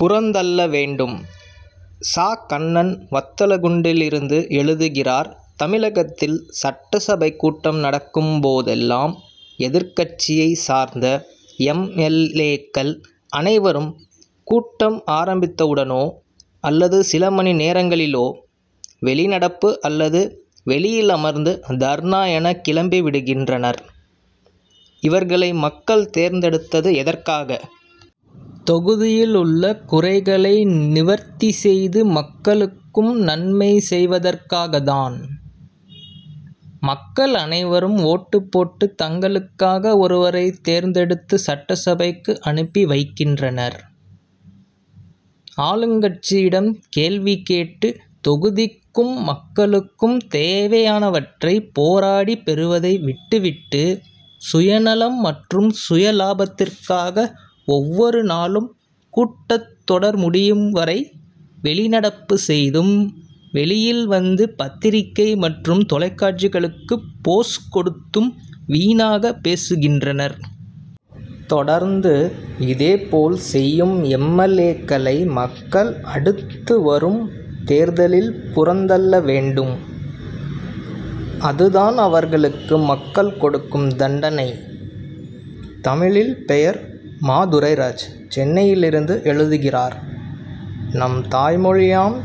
புறந்தள்ள வேண்டும்! ச. கண்ணன் வத்தலக்குண்டிலிருந்து எழுதுகிறார் தமிழகத்தில் சட்டசபை கூட்டம் நடக்கும் போதெல்லாம் எதிர்க்கட்சியைச் சார்ந்த எம். எல். ஏ.க்கள் அனைவரும் கூட்டம் ஆரம்பித்தவுடனோ அல்லது சில மணி நேரங்களிலோ வெளிநடப்பு அல்லது வெளியில் அமர்ந்து தர்ணா என கிளம்பி விடுகின்றனர். இவர்களை மக்கள் தேர்ந்தெடுத்தது எதற்காக? தொகுதியிலுள்ள குறைகளை நிவர்த்தி செய்து மக்களுக்கும் நன்மை செய்வதற்காகத் தான். மக்கள் அனைவரும் ஓட்டுப் போட்டு தங்களுக்காக ஒருவரை தேர்ந்தெடுத்து சட்டசபைக்கு அனுப்பி வைக்கின்றனர். ஆளுங்கட்சியிடம் கேள்வி கேட்டு தொகுதிக்கும் மக்களுக்கும் தேவையானவற்றை போராடி பெறுவதை விட்டு விட்டு சுயநலம் மற்றும் சுயலாபத்திற்காக ஒவ்வொரு நாளும் கூட்டத்தொடர் முடியும் வரை வெளி நடப்பு செய்தும் வெளியில் வந்து பத்திரிகை மற்றும் தொலைக்காட்சிகளுக்கு போஸ் கொடுத்தும் வீணாகப் பேசுகின்றனர். தொடர்ந்து இதேபோல் செய்யும் எம். எல். ஏ.,க்களை மக்கள், அடுத்து வரும் தேர்தலில் புறந்தள்ள வேண்டும். அதுதான் அவர்களுக்கு மக்கள் கொடுக்கும் தண்டனை. தமிழில் பெயர்:ம. துரைராஜ் சென்னையிலிருந்து எழுதுகிறார்: நம் தாய்மொழியாம்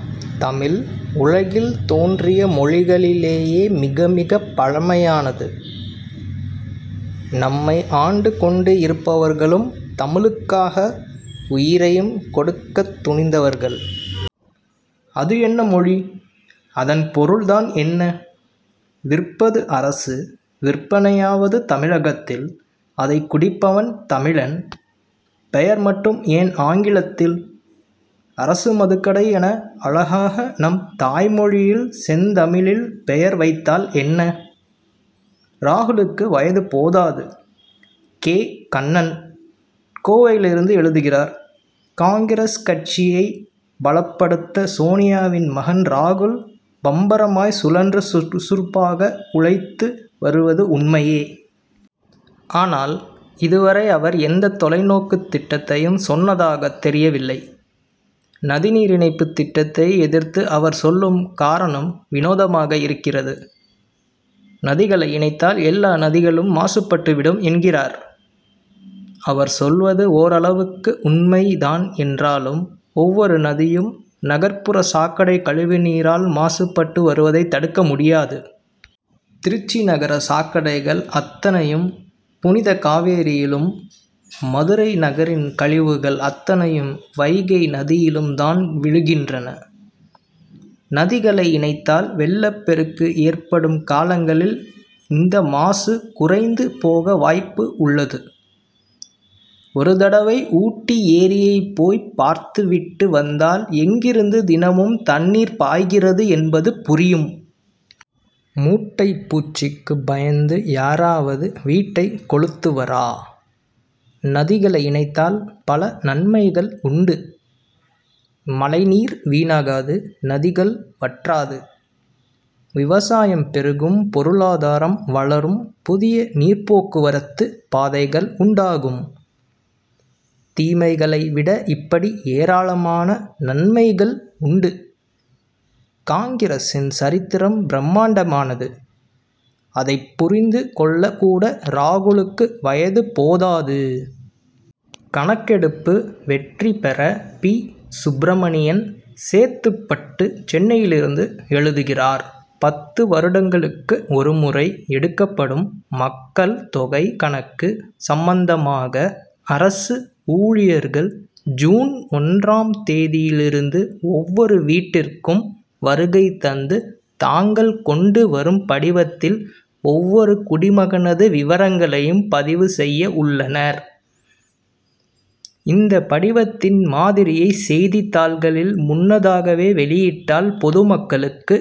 தமிழ் உலகில் தோன்றிய மொழிகளிலேயே மிகமிகப் பழமையானது. நம்மை ஆண்டு கொண்டு இருப்பவர்களும் தமிழுக்காக உயிரையும் கொடுக்கத் துணிந்தவர்கள். அது என்ன மொழி, அதன் பொருள் தான் என்ன? விற்பது அரசு, விற்பனையாவது தமிழகத்தில்; அதைக் குடிப்பவன் தமிழன். பெயர் மட்டும் ஏன் ஆங்கிலத்தில்? அரசு மதுக்கடை என்று அழகாக நம் தாய்மொழியில் செந்தமிழில் பெயர் வைத்தால் என்ன? ராகுலுக்கு வயது போதாது! கே. கண்ணன் கோவையிலிருந்து எழுதுகிறார் காங்கிரஸ் கட்சியைப் பலப்படுத்த சோனியாவின் மகன் ராகுல் பம்பரமாய் சுழன்று சுறுசுறுப்பாக உழைத்து வருவது உண்மையே! ஆனால் இதுவரை அவர் எந்த தொலைநோக்குத் திட்டத்தையும் சொன்னதாகத் தெரியவில்லை. நதிநீர் இணைப்புத் திட்டத்தை எதிர்த்து அவர் சொல்லும் காரணம் வினோதமாக இருக்கிறது. நதிகளை இணைத்தால் எல்லா நதிகளும் மாசுபட்டுவிடும் என்கிறார். அவர் சொல்வது ஓரளவுக்கு உண்மை தான் என்றாலும் ஒவ்வொரு நதியும், நகர்ப்புறச் சாக்கடை கழிவு நீரால் மாசுபட்டு வருவதைத் தடுக்க முடியாது. திருச்சி நகர சாக்கடைகள் அத்தனையும் புனித காவிரியிலும் மதுரை நகரின் கழிவுகள் அத்தனையும் வைகை நதியிலும் தான் விழுகின்றன. நதிகளை இணைத்தால் வெள்ளப்பெருக்கு ஏற்படும் காலங்களில் இந்த மாசு குறைந்து போக வாய்ப்பு உள்ளது. ஒரு தடவை ஊட்டி ஏரியை போய்ப் பார்த்து விட்டு வந்தால் எங்கிருந்து தினமும் தண்ணீர் பாய்கிறது என்பது புரியும். மூட்டைப் பூச்சிக்கு பயந்து யாராவது வீட்டைக் கொளுத்துவரா? நதிகளை இணைத்தால் பல நன்மைகள் உண்டு. மழைநீர் வீணாகாது நதிகள் வற்றாது. விவசாயம் பெருகும் பொருளாதாரம் வளரும் புதிய நீர்ப்போக்குவரத்து பாதைகள் உண்டாகும். தீமைகளை விட இப்படி ஏராளமான நன்மைகள் உண்டு. காங்கிரசின் சரித்திரம் பிரமாண்டமானது. அதைப் புரிந்து கொள்ள கூட ராகுலுக்கு வயது போதாது. கணக்கெடுப்பு வெற்றி பெற பி. சுப்ரமணியன் சேத்துப்பட்டு சென்னையிலிருந்து எழுதுகிறார் பத்து வருடங்களுக்கு ஒருமுறை எடுக்கப்படும் மக்கள் தொகை கணக்கு சம்பந்தமாக அரசு ஊழியர்கள் ஜூன் ஒன்றாம் தேதியிலிருந்து ஒவ்வொரு வீட்டிற்கும் வருகை தந்து தாங்கள் கொண்டு வரும் படிவத்தில் ஒவ்வொரு குடிமகனது விவரங்களையும் பதிவு செய்ய உள்ளனர். இந்த படிவத்தின் மாதிரியை செய்தித்தாள்களில் முன்னதாகவே வெளியிட்டால் பொதுமக்களுக்கு